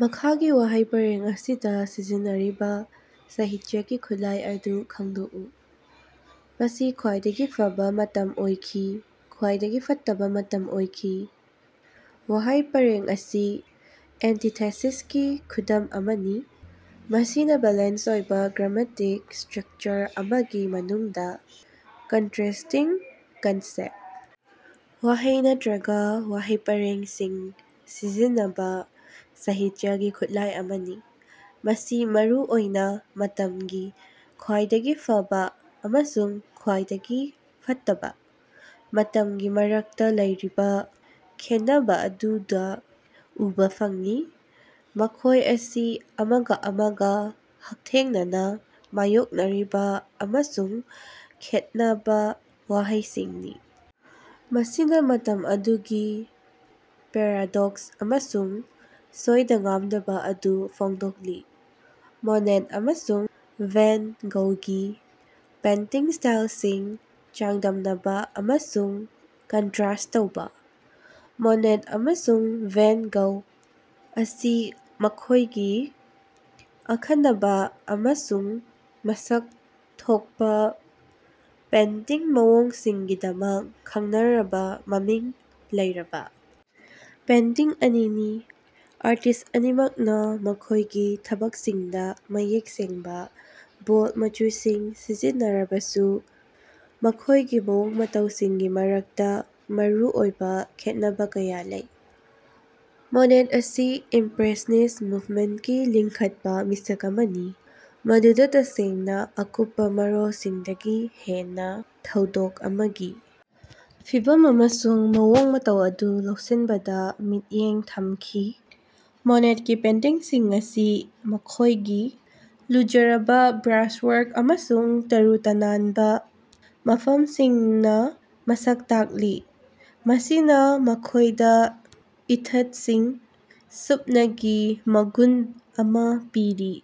ꯃꯈꯥꯒꯤ ꯋꯥꯍꯩ ꯄꯔꯦꯡ ꯑꯁꯤꯗ ꯁꯤꯖꯤꯟꯅꯔꯤꯕ ꯁꯥꯍꯤꯇ꯭ꯌꯒꯤ ꯈꯨꯠꯂꯥꯏ ꯑꯗꯨ ꯈꯪꯗꯣꯛꯎ꯫ "ꯃꯁꯤ ꯈ꯭ꯋꯥꯏꯗꯒꯤ ꯐꯕ ꯃꯇꯝ ꯑꯣꯏꯈꯤ, ꯈ꯭ꯋꯥꯏꯗꯒꯤ ꯐꯠꯇꯕ ꯃꯇꯝ ꯑꯣꯏꯈꯤ"꯫ ꯋꯥꯍꯩ ꯄꯔꯦꯡ ꯑꯁꯤ ꯑꯦꯟꯇꯤꯊꯦꯁꯤꯁꯀꯤ ꯈꯨꯗꯝ ꯑꯃꯅꯤ, ꯃꯁꯤꯅ ꯕꯦꯂꯦꯟꯁ ꯑꯣꯏꯕ ꯒ꯭ꯔꯥꯃꯦꯇꯤꯛ ꯁ꯭ꯇꯔꯛꯆꯔ ꯑꯃꯒꯤ ꯃꯅꯨꯡꯗ ꯀꯟꯇꯔꯦꯁꯇꯤꯡ ꯀꯟꯁꯦꯞ, ꯋꯥꯍꯩ ꯅꯠꯇ꯭ꯔꯒ ꯋꯥꯍꯩ ꯄꯔꯦꯡꯁꯤꯡ ꯁꯤꯖꯤꯟꯅꯕ ꯁꯥꯍꯤꯇ꯭ꯌꯒꯤ ꯈꯨꯠꯂꯥꯏ ꯑꯃꯅꯤ꯫ ꯃꯁꯤ ꯃꯔꯨ ꯑꯣꯏꯅ ꯃꯇꯝꯒꯤ "ꯈ꯭ꯋꯥꯏꯗꯒꯤ ꯐꯕ" ꯑꯃꯁꯨꯡ "ꯈ꯭ꯋꯥꯏꯗꯒꯤ ꯐꯠꯇꯕ" ꯃꯇꯝꯒꯤ ꯃꯔꯛꯇ ꯂꯩꯔꯤꯕ ꯈꯦꯟꯅꯕ ꯑꯗꯨꯗ ꯎꯕꯥ ꯐꯪꯏ, ꯃꯈꯣꯏ ꯑꯁꯤ ꯑꯃꯒ ꯑꯃꯒ ꯍꯛꯊꯦꯡꯅꯅ ꯃꯥꯌꯣꯛꯅꯔꯤꯕ ꯑꯃꯁꯨꯡ ꯈꯦꯟꯅꯕ ꯋꯥꯍꯩꯁꯤꯡꯅꯤ, ꯃꯁꯤꯅ ꯃꯇꯝ ꯑꯗꯨꯒꯤ ꯄꯦꯔꯥꯗꯣꯛꯁ ꯑꯃꯁꯨꯡ ꯁꯣꯏꯗ-ꯉꯥꯝꯗꯕ ꯑꯗꯨ ꯐꯣꯡꯗꯣꯛꯂꯤ꯫ ꯃꯣꯅꯦꯠ ꯑꯃꯁꯨꯡ ꯚꯦꯟ ꯒꯧꯒꯤ ꯄꯦꯟꯇꯤꯡ ꯁ꯭ꯇꯥꯏꯜꯁꯤꯡ ꯆꯥꯡꯗꯝꯅꯕ ꯑꯃꯁꯨꯡ ꯀꯟꯇ꯭ꯔꯁ ꯇꯧꯕ꯫ ꯃꯣꯅꯦꯠ ꯑꯃꯁꯨꯡ ꯚꯦꯟ ꯒꯧꯒ ꯑꯁꯤ ꯃꯈꯣꯏꯒꯤ ꯑꯈꯟꯅꯕ ꯑꯃꯁꯨꯡ ꯃꯁꯛ ꯊꯣꯛꯄ ꯄꯦꯟꯇꯤꯡ ꯃꯑꯣꯡꯁꯤꯡꯒꯤꯗꯃꯛ ꯈꯪꯅꯔꯕ ꯃꯃꯤꯡ ꯂꯩꯔꯕ ꯄꯦꯟꯇꯤꯡ ꯑꯅꯤꯅꯤ꯫ ꯑꯥꯔꯇꯤꯁ꯭ꯠ ꯑꯅꯤꯃꯛꯅ ꯃꯈꯣꯏꯒꯤ ꯊꯕꯛꯁꯤꯡꯗ ꯃꯌꯦꯛ ꯁꯦꯡꯕ, ꯕꯣꯜꯗ ꯃꯆꯨꯁꯤꯡ ꯁꯤꯖꯤꯟꯅꯔꯕꯁꯨ ꯃꯈꯣꯏꯒꯤ ꯃꯑꯣꯡ ꯃꯇꯧꯁꯤꯡꯒꯤ ꯃꯔꯛꯇ ꯃꯔꯨꯑꯣꯏꯕ ꯈꯦꯠꯅꯕ ꯀꯌꯥ ꯂꯩ꯫ ꯃꯣꯅꯦꯠ ꯑꯁꯤ ꯏꯝꯄ꯭ꯔꯦꯁꯅꯤꯁ ꯃꯨꯕꯃꯦꯟꯠꯀꯤ ꯂꯤꯡꯈꯠꯄ ꯃꯤꯁꯛ ꯑꯃꯅꯤ, ꯃꯗꯨꯗ ꯇꯁꯦꯡꯅ ꯑꯀꯨꯞꯄ ꯃꯔꯣꯜꯁꯤꯡꯗꯒꯤ ꯍꯦꯟꯅ ꯊꯧꯗꯣꯛ ꯑꯃꯒꯤ ꯐꯤꯚꯝ ꯑꯃꯁꯨꯡ ꯃꯑꯣꯡ ꯃꯇꯧ ꯑꯗꯨ ꯂꯧꯁꯤꯟꯕꯗ ꯃꯤꯠꯌꯦꯡ ꯊꯝꯈꯤ꯫ ꯃꯣꯅꯦꯠꯀꯤ ꯄꯦꯟꯇꯤꯡꯁꯤꯡ ꯑꯁꯤ ꯃꯈꯣꯏꯒꯤ ꯂꯨꯖꯔꯕ ꯕ꯭ꯔꯥꯁꯋꯔꯛ ꯑꯃꯁꯨꯡ ꯇꯔꯨ ꯇꯅꯥꯟꯕ ꯃꯐꯝꯁꯤꯡꯅ ꯃꯁꯛ ꯇꯥꯛꯂꯤ, ꯃꯁꯤꯅ ꯃꯈꯣꯏꯗ ꯏꯊꯠꯁꯤꯡ, ꯁꯨꯞꯅꯒꯤ ꯃꯒꯨꯟ ꯑꯃ ꯄꯤꯔꯤ꯫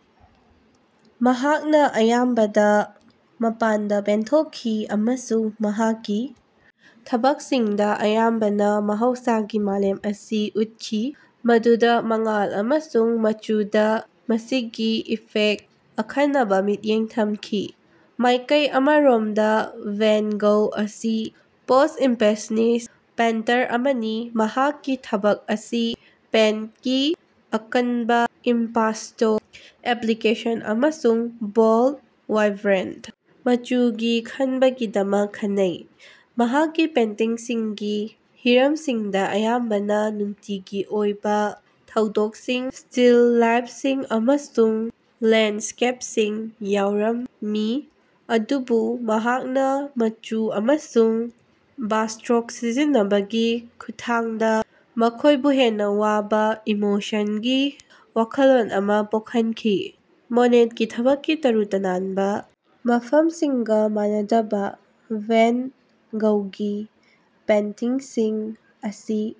ꯃꯍꯥꯛꯅ ꯑꯌꯥꯝꯕꯅ ꯃꯄꯥꯟꯗ ꯄꯦꯟꯊꯣꯛꯈꯤ ꯑꯃꯁꯨꯡ ꯃꯍꯥꯛꯀꯤ ꯊꯕꯛꯁꯤꯡꯗ ꯑꯌꯥꯝꯕꯅ ꯃꯍꯧꯁꯥꯒꯤ ꯃꯥꯂꯦꯝ ꯑꯁꯤ ꯎꯠꯈꯤ, ꯃꯗꯨꯗ ꯃꯉꯥꯜ ꯑꯃꯁꯨꯡ ꯃꯆꯨꯗ ꯃꯁꯤꯒꯤ ꯏꯐꯦꯛꯇ ꯑꯈꯟꯅꯕ ꯃꯤꯠꯌꯦꯡ ꯊꯝꯈꯤ꯫ ꯃꯥꯏꯀꯩ ꯑꯃꯔꯣꯝꯗ ꯚꯦꯟ ꯒꯧ ꯑꯁꯤ ꯄꯣꯁ-ꯏꯝꯄ꯭ꯔꯦꯁꯅꯤꯁ ꯄꯦꯏꯟꯇꯔ ꯑꯃꯅꯤ, ꯃꯍꯥꯛꯀꯤ ꯊꯕꯛ ꯑꯁꯤ ꯄꯦꯟꯠꯀꯤ ꯑꯀꯟꯕ, ꯏꯝꯄꯥꯁꯇꯣ ꯑꯦꯄ꯭ꯂꯤꯀꯦꯁꯟ ꯑꯃꯁꯨꯡ ꯕꯣꯜꯗ, ꯋꯥꯏꯕ꯭ꯔꯦꯟꯠ ꯃꯆꯨꯒꯤ ꯈꯟꯕꯒꯤꯗꯃꯛ ꯈꯪꯅꯩ꯫ ꯃꯍꯥꯛꯀꯤ ꯄꯦꯟꯇꯤꯡꯁꯤꯡꯒꯤ ꯍꯤꯔꯝꯁꯤꯡꯗ ꯑꯌꯥꯝꯕꯅ ꯅꯨꯡꯇꯤꯒꯤ ꯑꯣꯏꯕ ꯊꯧꯗꯣꯛꯁꯤꯡ, ꯁ꯭ꯇꯤꯜ ꯂꯥꯏꯐꯁꯤꯡ ꯑꯃꯁꯨꯡ ꯂꯦꯟꯁ꯭ꯀꯦꯞꯁꯤꯡ ꯌꯥꯎꯔꯝꯃꯤ, ꯑꯗꯨꯕꯨ ꯃꯍꯥꯛꯅ ꯃꯆꯨ ꯑꯃꯁꯨꯡ ꯕ꯭ꯔꯥꯁꯁ꯭ꯇꯔꯣꯛ ꯁꯤꯖꯤꯟꯅꯕꯒꯤ ꯈꯨꯠꯊꯥꯡꯗ ꯃꯈꯣꯏꯕꯨ ꯍꯦꯟꯅ ꯋꯥꯡꯕ ꯏꯃꯣꯁꯟꯒꯤ ꯋꯥꯈꯜꯂꯣꯟ ꯑꯃ ꯄꯣꯛꯍꯟꯈꯤ꯫ ꯃꯣꯅꯦꯠꯀꯤ ꯊꯕꯛꯀꯤ ꯇꯔꯨ ꯇꯅꯥꯟꯕ ꯃꯐꯝꯁꯤꯡꯒ ꯃꯥꯟꯅꯗꯅ, ꯚꯦꯟ ꯒꯧꯒꯤ ꯄꯦꯟꯇꯤꯡꯁꯤꯡ ꯑꯁꯤ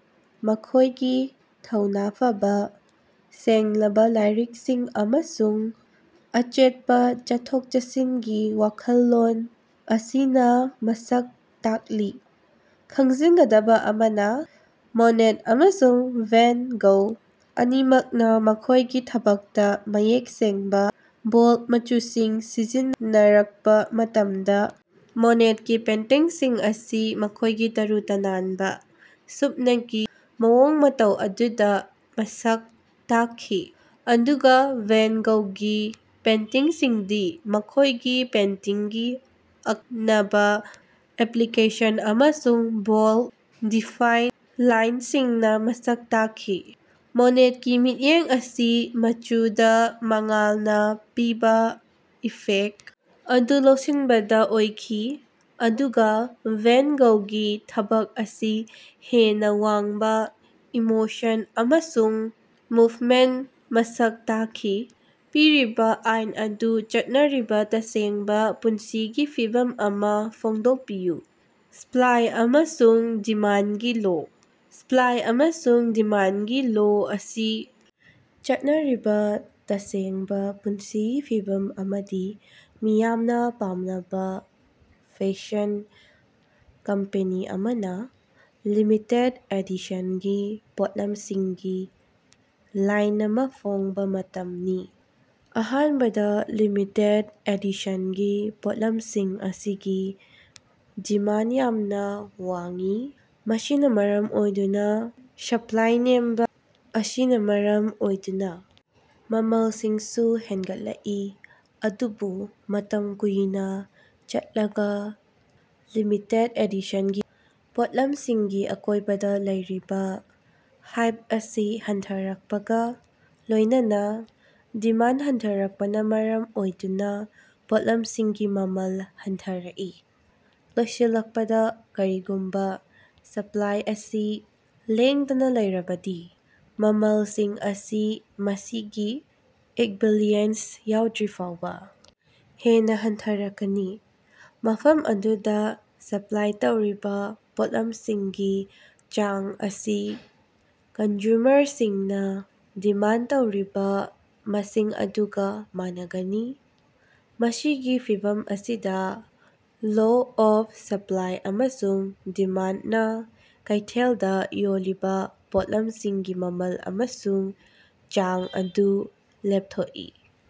ꯃꯈꯣꯏꯒꯤ ꯊꯧꯅ ꯐꯕ, ꯁꯦꯡꯂꯕ ꯂꯥꯏꯔꯤꯛꯁꯤꯡ ꯑꯃꯁꯨꯡ ꯑꯆꯦꯠꯄ ꯆꯠꯊꯣꯛ-ꯆꯠꯁꯤꯟꯒꯤ ꯋꯥꯈꯜꯂꯣꯟ ꯑꯁꯤꯅ ꯃꯁꯛ ꯇꯥꯛꯂꯤ꯫ ꯈꯪꯖꯤꯟꯒꯗꯕ ꯑꯃꯅ, ꯃꯣꯅꯦꯠ ꯑꯃꯁꯨꯡ ꯚꯦꯟ ꯒꯧ ꯑꯅꯤꯃꯛꯅ ꯃꯈꯣꯏꯒꯤ ꯊꯕꯛꯇ ꯃꯌꯦꯛ ꯁꯦꯡꯕ, ꯕꯣꯜꯗ ꯃꯆꯨꯁꯤꯡ ꯁꯤꯖꯤꯟꯅꯔꯛꯄ ꯃꯇꯝꯗ, ꯃꯣꯅꯦꯠꯀꯤ ꯄꯦꯟꯇꯤꯡꯁꯤꯡ ꯑꯁꯤ ꯃꯈꯣꯏꯒꯤ ꯇꯔꯨ ꯇꯅꯥꯟꯕ, ꯁꯨꯞꯅꯒꯤ ꯃꯑꯣꯡ ꯃꯇꯧ ꯑꯗꯨꯅ ꯃꯁꯛ ꯇꯥꯛꯈꯤ, ꯑꯗꯨꯒ ꯚꯦꯟ ꯒꯧꯒꯤ ꯄꯦꯟꯇꯤꯡꯁꯤꯡꯗꯤ ꯃꯈꯣꯏꯒꯤ ꯄꯦꯟꯇꯤꯡꯒꯤ ꯑꯀꯅꯕ ꯑꯦꯄ꯭ꯂꯤꯀꯦꯁꯟ ꯑꯃꯁꯨꯡ ꯕꯣꯜꯗ, ꯗꯤꯐꯥꯏꯟ ꯂꯥꯏꯟꯁꯤꯡꯅ ꯃꯁꯛ ꯇꯥꯛꯈꯤ꯫ ꯃꯣꯅꯦꯠꯀꯤ ꯃꯤꯠꯌꯦꯡ ꯑꯁꯤ ꯃꯆꯨꯗ ꯃꯉꯥꯜꯅ ꯄꯤꯕ ꯏꯐꯦꯛ ꯑꯗꯨ ꯂꯧꯁꯤꯟꯕꯗ ꯑꯣꯏꯈꯤ, ꯑꯗꯨꯒ ꯚꯦꯟ ꯒꯧꯒꯤ ꯊꯕꯛ ꯑꯁꯤ ꯍꯦꯟꯅ ꯋꯥꯡꯕ ꯏꯃꯣꯁꯟ ꯑꯃꯁꯨꯡ ꯃꯨꯚꯃꯦꯟꯠꯅ ꯃꯁꯛ ꯇꯥꯛꯈꯤ꯫ ꯄꯤꯔꯤꯕ ꯑꯥꯏꯟ ꯑꯗꯨ ꯆꯠꯅꯔꯤꯕ ꯇꯁꯦꯡꯕ ꯄꯨꯟꯁꯤꯒꯤ ꯐꯤꯚꯝ ꯑꯃ ꯐꯣꯡꯗꯣꯛꯄꯤꯌꯨ꯫ ꯁꯄ꯭ꯂꯥꯏ ꯑꯃꯁꯨꯡ ꯗꯤꯃꯥꯟꯒꯤ ꯂꯣ꯫ ꯁꯄ꯭ꯂꯥꯏ ꯑꯃꯁꯨꯡ ꯗꯤꯃꯥꯟꯗꯒꯤ ꯂꯣ ꯑꯁꯤ ꯆꯠꯅꯔꯤꯕ ꯇꯁꯦꯡꯕ ꯄꯨꯟꯁꯤꯒꯤ ꯐꯤꯚꯝ ꯑꯃꯗꯤ ꯃꯤꯌꯥꯝꯅ ꯄꯥꯝꯅꯕ ꯐꯦꯁꯟ ꯀꯝꯄꯦꯅꯤ ꯑꯃꯅ ꯂꯤꯃꯤꯇꯦꯗ ꯑꯦꯗꯤꯁꯟꯒꯤ ꯄꯣꯠꯂꯝꯁꯤꯡꯒꯤ ꯂꯥꯏꯟ ꯑꯃ ꯐꯣꯡꯕ ꯃꯇꯝꯅꯤ꯫ ꯑꯍꯥꯟꯕꯗ ꯂꯤꯃꯤꯇꯦꯗ ꯑꯦꯗꯤꯁꯟꯒꯤ ꯄꯣꯠꯂꯝꯁꯤꯡ ꯑꯁꯤꯒꯤ ꯗꯤꯃꯥꯟꯗ ꯌꯥꯝꯅ ꯋꯥꯡꯏ, ꯃꯁꯤꯅ ꯃꯔꯝ ꯑꯣꯏꯗꯨꯅ ꯁꯞꯂꯥꯏ ꯅꯦꯝꯕ ꯑꯁꯤꯅ ꯃꯔꯝ ꯑꯣꯏꯗꯨꯅ ꯃꯃꯜꯁꯤꯡꯁꯨ ꯍꯦꯟꯒꯠꯂꯛꯏ꯫ ꯑꯗꯨꯕꯨ ꯃꯇꯝ ꯀꯨꯏꯅ ꯆꯠꯂꯒ ꯂꯤꯃꯤꯇꯦꯗ ꯑꯦꯗꯤꯁꯟꯒꯤ ꯄꯣꯠꯂꯝꯁꯤꯡꯒꯤ ꯑꯀꯣꯏꯕꯗ ꯂꯩꯔꯤꯕ ꯍꯥꯏꯞ ꯑꯁꯤ ꯍꯟꯊꯔꯛꯄꯒ ꯂꯣꯏꯅꯅ ꯗꯤꯃꯥꯟꯗ ꯍꯟꯊꯔꯛꯄꯅ ꯃꯔꯝ ꯑꯣꯏꯗꯨꯅ ꯄꯣꯠꯂꯝꯁꯤꯡꯒꯤ ꯃꯃꯜ ꯍꯟꯊꯔꯛꯏ꯫ ꯂꯣꯏꯁꯤꯜꯂꯛꯄꯗ, ꯀꯔꯤꯒꯨꯝꯕ ꯁꯄ꯭ꯂꯥꯏ ꯑꯁꯤ ꯂꯦꯡꯗꯅ ꯂꯩꯔꯕꯗꯤ, ꯃꯃꯜꯁꯤꯡ ꯑꯁꯤ ꯃꯁꯤꯒꯤ ꯏꯛꯕꯤꯂꯤꯑꯦꯟꯁ ꯌꯧꯗ꯭ꯔꯤꯐꯥꯎꯕ ꯍꯦꯟꯅ ꯍꯟꯊꯔꯛꯀꯅꯤ, ꯃꯐꯝ ꯑꯗꯨꯗ ꯁꯄ꯭ꯂꯥꯏ ꯇꯧꯔꯤꯕ ꯄꯣꯠꯂꯝꯁꯤꯡꯒꯤ ꯆꯥꯡ ꯑꯁꯤ ꯀꯟꯖꯨꯃꯔꯁꯤꯡꯅ ꯗꯤꯃꯥꯟꯗ ꯇꯧꯔꯤꯕ ꯃꯁꯤꯡ ꯑꯗꯨꯒ ꯃꯥꯟꯅꯒꯅꯤ꯫ ꯃꯁꯤꯒꯤ ꯐꯤꯚꯝ ꯑꯁꯤꯗ, ꯂꯣ ꯑꯣꯐ ꯁꯄ꯭ꯂꯥꯏ ꯑꯃꯁꯨꯡ ꯗꯤꯃꯥꯟꯗꯅ ꯀꯩꯊꯦꯜꯗ ꯌꯣꯜꯂꯤꯕ ꯄꯣꯠꯂꯝꯁꯤꯡꯒꯤ ꯃꯃꯜ ꯑꯃꯁꯨꯡ ꯆꯥꯡ ꯑꯗꯨ ꯂꯦꯞꯊꯣꯛꯏ꯫